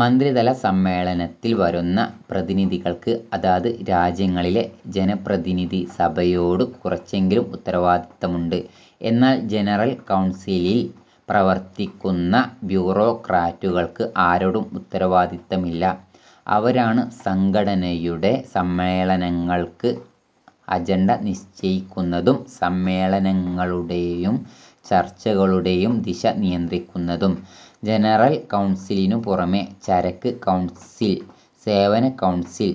മന്ത്രിതലസമ്മേളനത്തിൽ വരുന്ന പ്രതിനിധികൾക്ക് അതത് രാജ്യങ്ങളിലെ ജനപ്രതിനിധിസഭയോടു കുറച്ചെങ്കിലും ഉത്തരവാദിത്തമുണ്ട്. എന്നാൽ ജനറൽ കൌൺസിലിൽ പ്രവർത്തിക്കുന്ന ബ്യൂറോക്രാറ്റുകൾക്ക് ആരോടും ഉത്തരവാദിത്തമില്ല. അവരാണ് സംഘടനയുടെ സമ്മേളനങ്ങൾക്ക് അജൻഡ നിശ്ചയിക്കുന്നതും സമ്മേളനങ്ങളുടെയും ചർച്ചകളുടെയും ദിശ നിയന്ത്രിക്കുന്നതും. ജനറൽ കൗൺസിലിനു പുറമേ, ചരക്ക് കൗൺസിൽ, സേവന കൗൺസിൽ,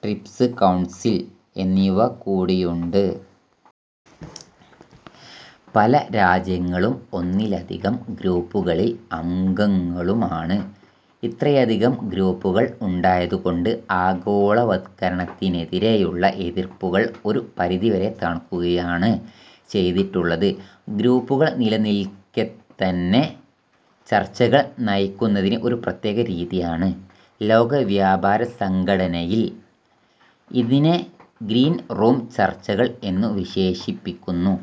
ട്രിപ്സ് കൌൺസിൽ എന്നിവകൂടിയുണ്ട്. പല രാജ്യങ്ങളും ഒന്നിലധികം ഗ്രൂപ്പുകളിൽ അംഗങ്ങളുമാണ്. ഇത്രയധികം ഗ്രൂപ്പുകൾ ഉണ്ടായതുകൊണ്ട് ആഗോളവത്കരണത്തിനെതിരെയുള്ള എതിർപ്പുകൾ ഒരു പരിധിവരെ തണുക്കുകയാണ് ചെയ്തിട്ടുള്ളത്. ഗ്രൂപ്പുകൾ നിലനിൽക്കെത്തന്നെ ചർച്ചകൾ നയിക്കുന്നതിന് ഒരു പ്രത്യേക രീതിയാണ് ലോകവ്യാപാരസംഘടനയിൽ. ഇതിനെ ഗ്രീൻ റൂംചർച്ചകൾ എന്നു വിശേഷിപ്പിക്കുന്നു.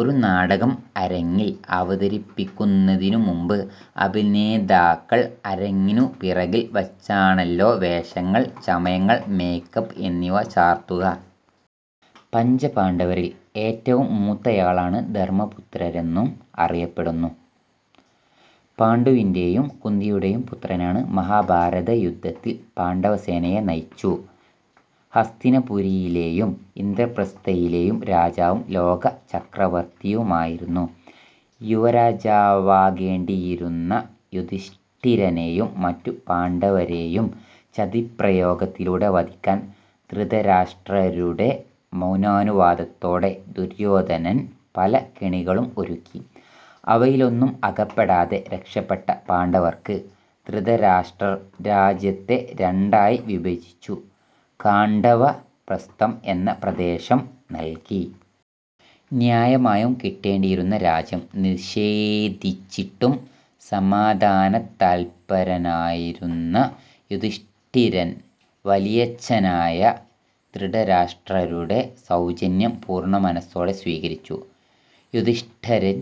ഒരു നാടകം അരങ്ങിൽ അവതരിപ്പിക്കുന്നതിനുമുമ്പ്, അഭിനേതാക്കൾ അരങ്ങിനു പിറകിൽ വച്ചാണല്ലോ വേഷങ്ങൾ ചമയങ്ങൾ മേക്കപ്പ് എന്നിവ ചാർത്തുക. പഞ്ചപാണ്ഡവരിൽ ഏറ്റവും മൂത്തയാളാണ് ധർമ്മപുത്രരെന്നും അറിയപ്പെടുന്നു. പാണ്ഡുവിന്റെയും കുന്തിയുടെയും പുത്രനാണ്. മഹാഭാരതയുദ്ധത്തിൽ പാണ്ഡവസേനയെ നയിച്ചു. ഹസ്തിനപുരിയിലേയും ഇന്ദ്രപ്രസ്ഥയിലേയും രാജാവും ലോക ചക്രവർത്തിയുമായിരുന്നു. യുവരാജാവാകേണ്ടിയിരുന്ന യുധിഷ്ഠിരനേയും മറ്റു പാണ്ഡവരെയും ചതിപ്രയോഗത്തിലൂടെ വധിക്കാൻ ധൃതരാഷ്ട്രരുടെ മൗനാനുവാദത്തോടെ ദുര്യോധനൻ പല കെണികളും ഒരുക്കി. അവയിലൊന്നും അകപ്പെടാതെ രക്ഷപ്പെട്ട പാണ്ഡവർക്ക്, ധൃതരാഷ്ട്രർ രാജ്യത്തെ രണ്ടായി വിഭജിച്ചു ഖാണ്ഡവപ്രസ്ഥം എന്ന പ്രദേശം നല്കി. ന്യായമായും കിട്ടേണ്ടിയിരുന്ന രാജ്യം നിഷേധിച്ചിട്ടും സമാധാനതല്പ്പരനായിരുന്ന യുധിഷ്ഠിരൻ വലിയച്ഛനായ ധൃതരാഷ്ട്രരുടെ സൗജന്യം പൂർണമനസ്സോടെ സ്വീകരിച്ചു. യുധിഷ്ഠിരൻ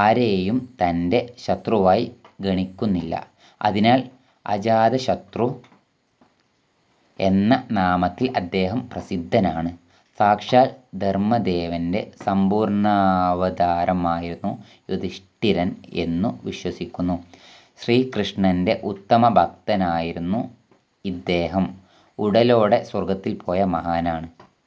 ആരെയും തന്റെ ശത്രുവായി ഗണിക്കുന്നില്ല. അതിനാൽ അജാതശത്രു എന്ന നാമത്തിൽ അദ്ദേഹം പ്രസിദ്ധനാണ്. സാക്ഷാൽ ധർമ്മദേവന്റെ സംപൂർണ്ണാവതാരമായിരുന്നു യുധിഷ്ഠിരൻ എന്നു വിശ്വസിക്കുന്നു. ശ്രീകൃഷ്ണന്റെ ഉത്തമ ഭക്തനായിരുന്ന ഇദ്ദേഹം ഉടലോടെ സ്വർഗ്ഗത്തിൽ പോയ മഹാനാണ്.